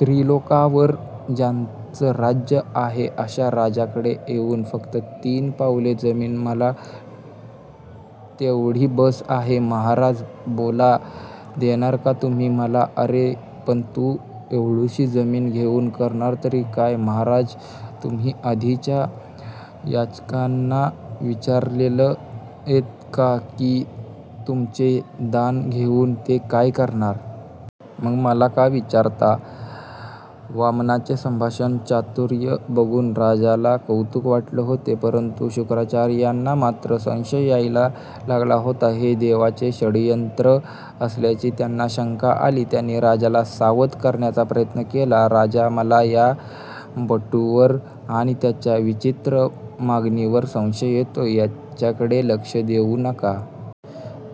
त्रिलोकावर ज्याचं राज्य आहे अशा राजाकडे येऊन फक्त तीन पावले जमीन? मला तेवढी बस आहे महाराज. बोला देणार का तुम्ही मला? अरे पण तू एवढुशी जमीन घेऊन करणार तरी काय? महाराज, तुम्ही आधीच्या याचकांना विचारलेत का कि तुमचे दान घेऊन ते काय करणार? मग मला का विचारता? वामनाचे संभाषण चातुर्य बघुन राजाला कौतुक वाटत होते. परंतु शुक्राचार्यांना मात्र संशय यायला लागला होता. हे देवांचे षडयंत्र असल्याची त्यांना शंका आली. त्यांनी राजाला सावध करण्याचा प्रयत्न केला. राजा, मला या बटूवर आणि त्याच्या विचित्र मागणीवर संशय येतोय, याच्याकडे लक्ष देऊ नका.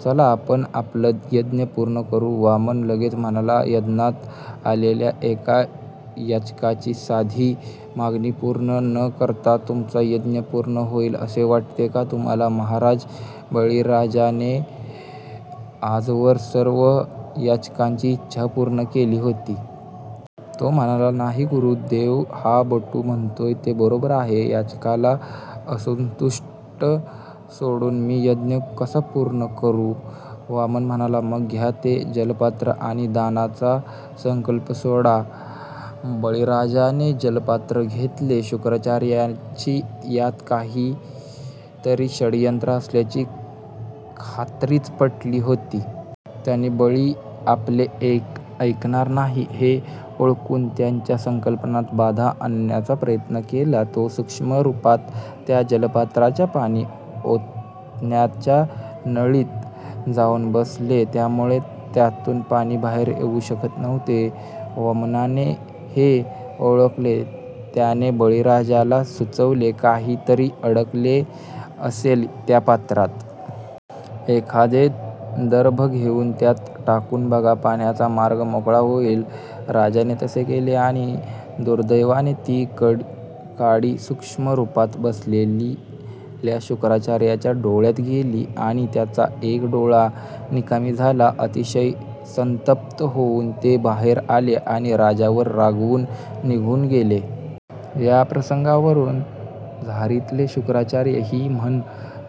चला आपण आपला यज्ञ पूर्ण करू. वामन लगेच म्हणाला यज्ञात आलेल्या एका याचकाची साधी मागणी पूर्ण न करता तुमचा यज्ञ पूर्ण होईल असे वाटते का तुम्हाला महाराज? बळीराजाने आजवर सर्व याचकांची इच्छा पूर्ण केली होती. तो म्हणाला नाही. गुरुदेव हा बटू म्हणतो ते बरोबर आहे, याचकाला असंतुष्ट सोडुन मी यज्ञ कसा पूर्ण करू? वामन म्हणाला "मग घ्या ते जलपात्र आणि दानाचा संकल्प सोडा. बळीराजाने जलपात्र घेतले. शुक्राचार्यांची यात काही तरी षडयंत्र असल्याची खात्रीच पटली होती. त्यांनी बळी आपले ऐकणार नाही हे ओळखुन त्याच्या संकल्पात बाधा आणण्याचा प्रयत्न केला. ते सूक्ष्मरूपात त्या जलपत्राच्या पाणी ओतण्याच्या नळीत जाऊन बसले. त्यामुळे त्यातुन पाणी बाहेर येऊ शकत नव्हते. वामनाने हे ओळखले. त्याने बळीराजाला सुचवले काही तरी अडकले असेल त्या पात्रात. एखादे दर्भ घेऊन त्यात टाकुन बघा, पाण्याचा मार्ग मोकळा होईल. राजाने तसे केले आणि दुर्दैवाने ती काडी सूक्ष्मरूपात बसलेल्या शुक्राचार्यांच्या डोळ्यात गेली आणि त्यांचा एक डोळा निकामी झाला. अतिशय संतप्त होऊन ते बाहेर आले आणि राजावर रागावून निघुन गेले. या प्रसंगावरून झारीतले शुक्राचार्य हि म्हण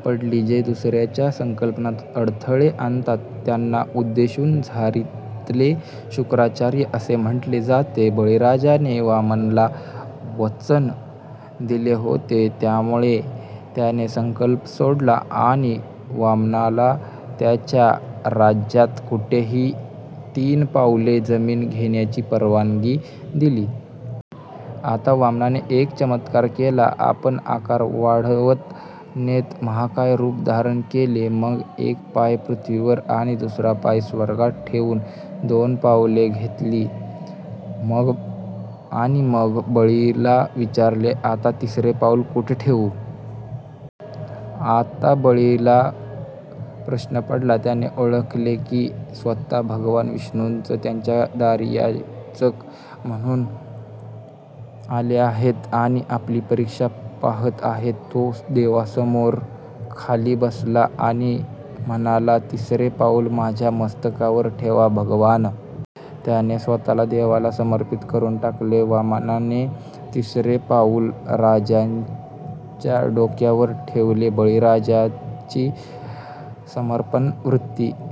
पडली. जे दुसऱ्याच्या संकल्पात अडथळे आणतात त्यांना उद्देशुन झारीतले शुक्राचार्य असे म्हटले जाते. बळीराजाने वामनाला वचन दिले होते त्यामुळे त्याने संकल्प सोडला आणि वामनाला त्याच्या राज्यात कुठेही तीन पावले जमीन घेण्याची परवानगी दिली. आता वामनाने एक चमत्कार केला. आपला आकार वाढवत नेत महाकाय रूप धारण केले. मग एक पाय पृथ्वीवर आणि दुसरा पाय स्वर्गात ठेवुन दोन पावले घेतली. मग आणि मग बळीला विचारले आता तिसरे पाऊल कुठे ठेवु? आता बळीला प्रश्न पडला. त्याने ओळखले कि स्वतः भगवान विष्णूच त्याच्या दारी याचक म्हणुन आले आहेत आणि आपली परीक्षा पाहत आहेत. तो देवासमोर खाली बसला आणि म्हणाला तिसरे पाऊल माझ्या मस्तकावर ठेवा भगवान. त्याने स्वतःला देवाला समर्पित करून टाकले. वामनाने तिसरे पाऊल राजाच्या डोक्यावर ठेवले. बळीराजाची समर्पण वृत्ती,